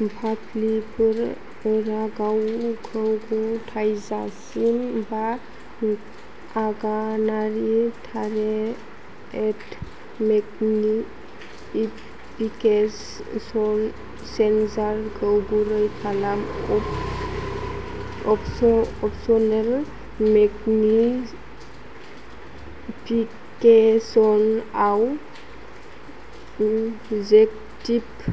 फाफ्लिफोरा गावखौ गथायजासिम। बा आगानारि टारेट मेगनिफिकेसन चेनजारखौ गुरै खालाम। अपसनेल मेगनिफिकेसन अब जेकटिभ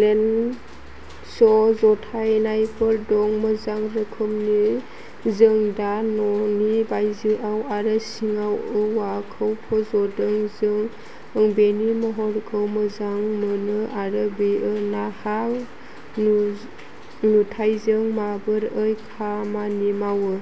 लेन्स जथायनायफोर दं। मोजां रोखोमनि। जों दा न'नि बायजोआव आरो सिङाव औवाखौ फज'दों। जों बेनि महरखौ मोजां मोनो आरो बेयो हा नुथाइजों माबोरै खामानि मावो।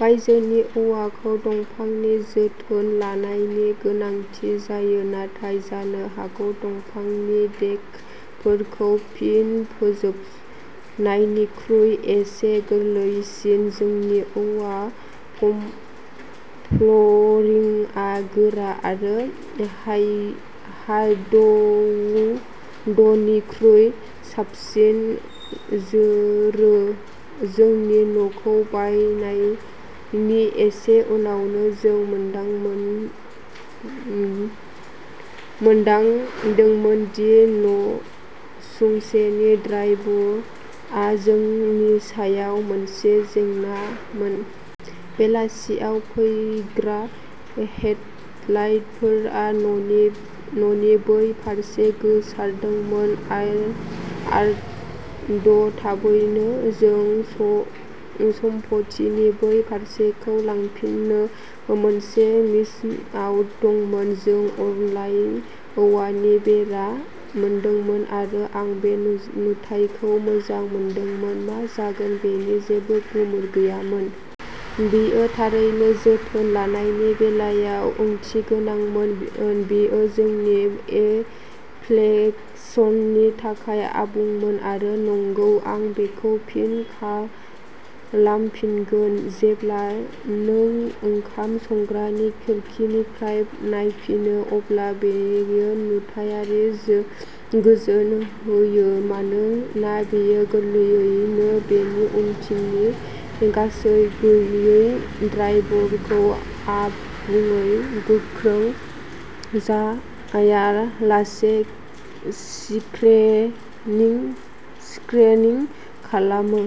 बायजोनि औवाखौ दंफांनि जोथोन लानायनि गोनांथि जायो। नाथाय जानो हागौ दंफांनि देकफोरखौ फिन फोजोबनायनिख्रुइ एसे गोरलैसिन। जोंनि औवा फ्ल'रिंआ गोरा आरो हार्डवुडनिख्रुइ साबसिन जोरो। जोंनि न'खौ बायनायनि एसे उनावनो जों मोनदांदोंमोन दि नसुंसेनि ड्राइभआ जोंनि सायाव मोनसे जेंनामोन। बेलासियाव फैग्रा हेडलाइटफोरा न'नि बै फारसे गोसारदोंमोन। आरघ थाबैनो जों सम्पथिनि बै फारसेखौ लांफिननो मोनसे मिशनआव दंमोन। जों अनलाइन औवानि बेरा मोनदोंमोन आरो आं बे नुथायखौ मोजां मोनदोंमोन। मा जागोन बेनि जेबो गुमुर गैयामोन। बेयो थारैनो जोथोन लानायनि बेलायाव ओंथिगोनांमोन। बेयो जोंनि एप्लिकेसननि थाखाय आबुंमोन आरो नंगौ। आं बेखौ फिन खालामफिनगोन। जेब्ला नों ओंखाम संग्रानि खिरखिनिफ्राय नायफिनो अब्ला बेयो नुथायारि गोजोन होयो। मानोना बेयो गोरलैयैनो बेनि उनथिंनि गोसो गैयै ड्राइभखौ आबुङै गोख्रों जायालासे स्क्रिनिं खालामो।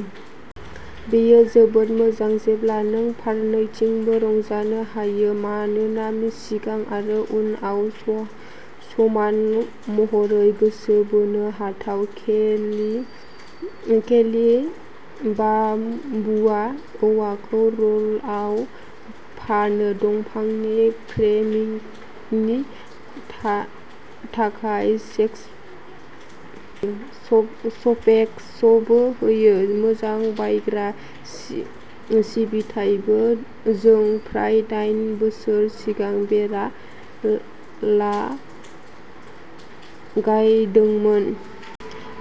बेयो जोबोद मोजां जेब्ला नों फारनैथिंबो रंजानो हायो। मानोना सिगां आरो उनआ समान महरै गोसो बोनो हाथाव। केलि बाम्बुआ औवाखौ र'लआव फानो। दंफांनि फ्रेमिंगनि थाखाय स्पेक्सबो होयो। मोजां बायग्रा सिबिथाइबो। जों फ्राय दाइन बोसोर सिगां बेरा लागायदोंमोन।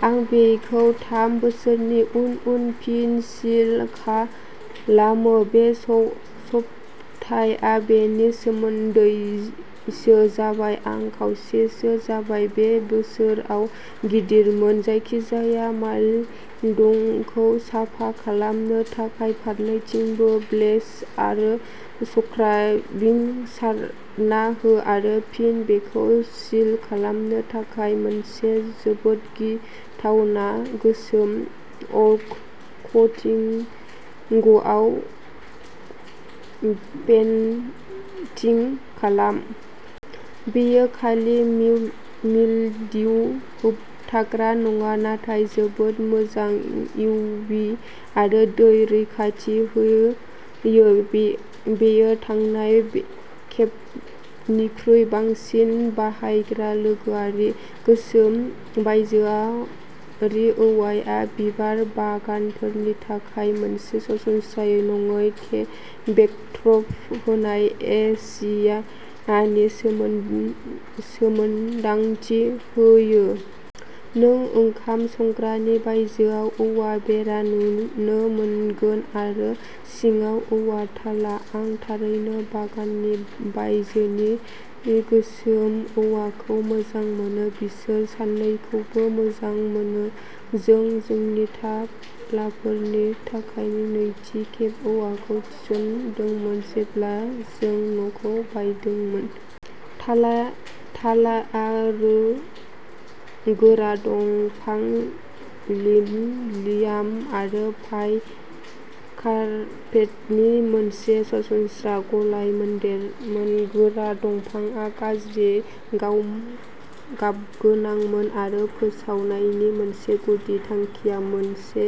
आं बेखौ थाम बोसोरनि उन उन फिन सिल खालामो। बे सप्ताया बेनि सोमोन्दैसो जाबाय। आं खावसेसो जाबाय। बे बोसोरानो गिदिरमोन। जायखिजाया माइलडयुखौ साफा खालामनो थाखाय फारनैथिंबो ब्लिच आरो स्क्राबिं सारना हो आरो फिन बेखौ सिल खालामनो थाखाय मोनसे जोबोद गिथावना गोसोम अक कटिंगआव पेन्टिं खालाम। बेयो खालि मिलदिउ होबथाग्रा नङा। नाथाय जोबोद मोजां इउभि आरो दै रैखाथि होयो। बेयो थांनाय खेबनिख्रुइ बांसिन बाहायग्रा लोगोआरि। गोसोम बायजोआरि औवाआ बिबार बागानफोरनि थाखाय मोनसे सरासनस्रा नङै बेकड्रप होनाय एशियानि मोन्दांथि होयो। नों ओंखाम संग्रानि बायजोआव औवा बेरा नुनो मोनगोन। आरो सिङाव औवा थाला। आं थारैनो बागाननि बायजोनि गोसोम औवाखौ मोजां मोनो। बिसोर सानैखौबो मोजां मोनो। जों जोंनि थालाफोरनि थाखाय नैथि खेब औवाखौ थिसनदोंमोन। जेब्ला जों न'खौ बायदोंमोन। थालाआ गोरा दंफां लिन' लियाम आरो कारपेटिंनि मोनसे सरासनस्रा गलायमोनदेरमोन। गोरा दंफांआ गाज्रि गाबगोनांमोन आरो फोसाबनायनि मोनसे गुदि थांखिया मोनसे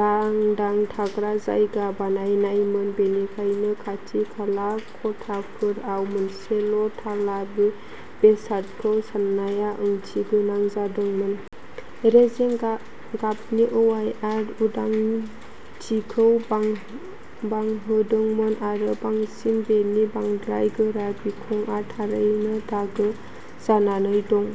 लांदां थाग्रा जायगा बानायनायमोन। बेनिखायनो खाथि-खाला खथाफोराव मोनसेल' थाला बेसादखौ साननाया ओंथिगोनां जादोंमोन। रेजें गाबनि औवाआ उदांथिखौ बांहोदोंमोन आरो बांसिन बेनि बांद्राय गोरा बिखंआ थारैनो दागो जानानै दं।